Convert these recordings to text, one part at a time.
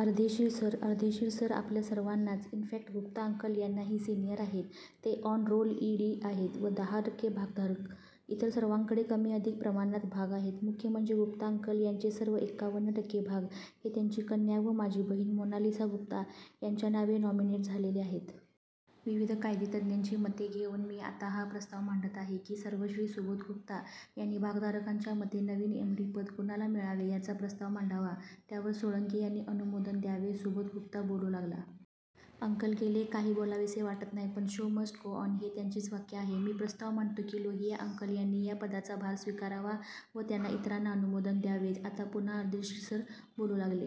Ardeshir sir! Ardeshir sir आपल्या सर्वांनाच, in fact Gupta uncle यांनाही सिनियर आहेत. ते ऑन रोल ई. डी. आहेत व दहा टक्के भागधारक! इतर सर्वांकडेच कमीअधिक प्रमाणात भाग आहेत. मुख्य म्हणजे, गुप्ता अंकल यांचे सर्व एक्कावन टक्के भाग हे त्यांची कन्या व माझी बहीण मोनालिसा गुप्ता यांच्या नावे नॉमिनेट झालेले आहेत। विविध कायदेतज्ञांची मते घेऊन मी आता हा प्रस्ताव मांडत आहे. की सर्वश्री सुबोध गुप्ता यांनी भागधारकांच्या मते नवीन एम. डी. पद कुणाला मिळावे याचा प्रस्ताव मांडावा. त्यावर सोळंकी यांनी अनुमोदन द्यावे. सुबोध गुप्ता बोलू लागला. " अंकल गेले.. काहीच बोलावेसे वाटत नाही. पण, शो मस्ट गो ऑन, हे त्यांचेच वाक्य आहे. मी प्रस्ताव मांडतो की.. लोहिया अंकल यांनी या पदाचा भार स्वीकारावा व त्यांना इतरांनी अनुमोदन द्यावे. " आता पुन्हा अर्देशीर सर बोलू लागले.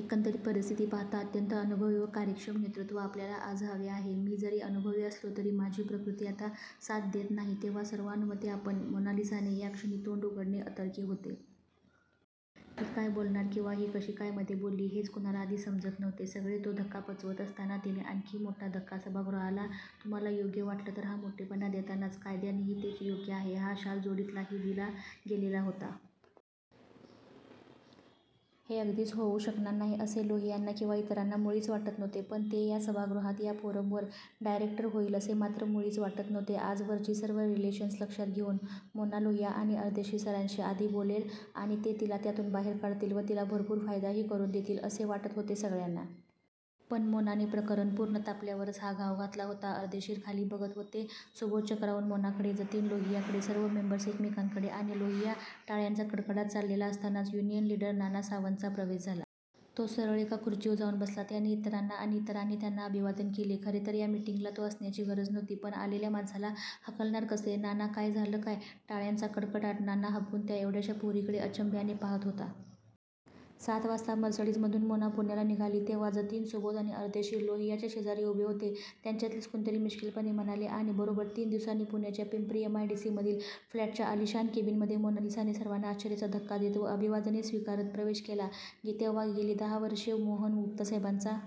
"एकंदर परिस्थिती पाहता, अत्यंत अनुभवी व कार्यक्षम नेतृत्व आपल्याला आज हवे आहे.. मी जरी अनुभवी असलो तरी माझी प्रकृती आता साथ देत नाही. तेव्हा सर्वानुमते आपण " मोनालिसाने या क्षणी तोंड उघडणे अतर्क्य होते. ही काय बोलणार किंवा ही कशी काय मधे बोलली हेच आधी कुणाला समजत नव्हते. सगळे तो धक्का पचवत असतानाच तिने आणखीन मोठा धक्का दिला सभागृहाला. 'तुम्हाला योग्य वाटलं' तर हा मोठेपणा देतानाच 'कायद्यानेही तेच योग्य आहे' हा शालजोडीतलाही दिला गेलेला होता. 'हे' अगदीच होऊ शकणार नाही असे लोहियांना किंवा इतरांना मुळीच वाटत नव्हते. पण ते या सभागृहात, या फोरमवर डायरेक्ट होईल असे मात्र मुळीच वाटत नव्हते. आजवरची सर्व रिलेशन्स लक्षात घेऊन मोना लोहिया आणि अर्देशीर सरांशी आधी बोलेल आणि ते तिला त्यातून बाहेर काढतील व तिला भरपूर फायदाही करून देतील असे वाटत होते सगळ्यांना! पण! मोनाने प्रकरण पूर्ण तापल्यावरच हा घाव घातला होता. अर्देशीर खाली बघत होते. सुबोध चक्रावून मोनाकडे! जतीन लोहियांकडे सर्व मेंबर्स एकमेकांकडे ,आणि लोहिया टाळ्यांचा कडकडाट चाललेला असतानाच युनियन लीडर नाना सावंतचा प्रवेश झाला. तो सरळ एका खुर्चीवर जाऊन बसला. त्याने इतरांना आणि इतरांनीही त्याला अभिवादन केले. खरे तर या मीटिंगला तो असण्याची गरजच नव्हती. पण आलेल्या माणसाला हाकलणार कसे? नाना काय झालं काय? टाळ्यांचा कडकडाट? नाना हबकून त्या 'एवढ्याश्या' पोरीकडे अचंब्याने पाहात होता. सात वाजता मर्सिडिझमधून मोना पुण्याला निघाली तेव्हा जतीन, सुबोध आणि अर्देशीर लोहियांच्या शेजारी उभे होते. त्यांच्यातीलच कुणीतरी मिश्कीलपणे म्हणाले. आणि बरोब्बर तीन दिवसांनी पुण्याच्या Pimpri M I D C मधील प्लॅन्टच्या आलिशान केबीनमध्ये मोनालिसाने सर्वांना आश्चर्याचा धक्का देत व अभिवादने स्वीकारत प्रवेश केला तेव्हा गेली दहा वर्षे मोहन गुप्तासाहेबांचा.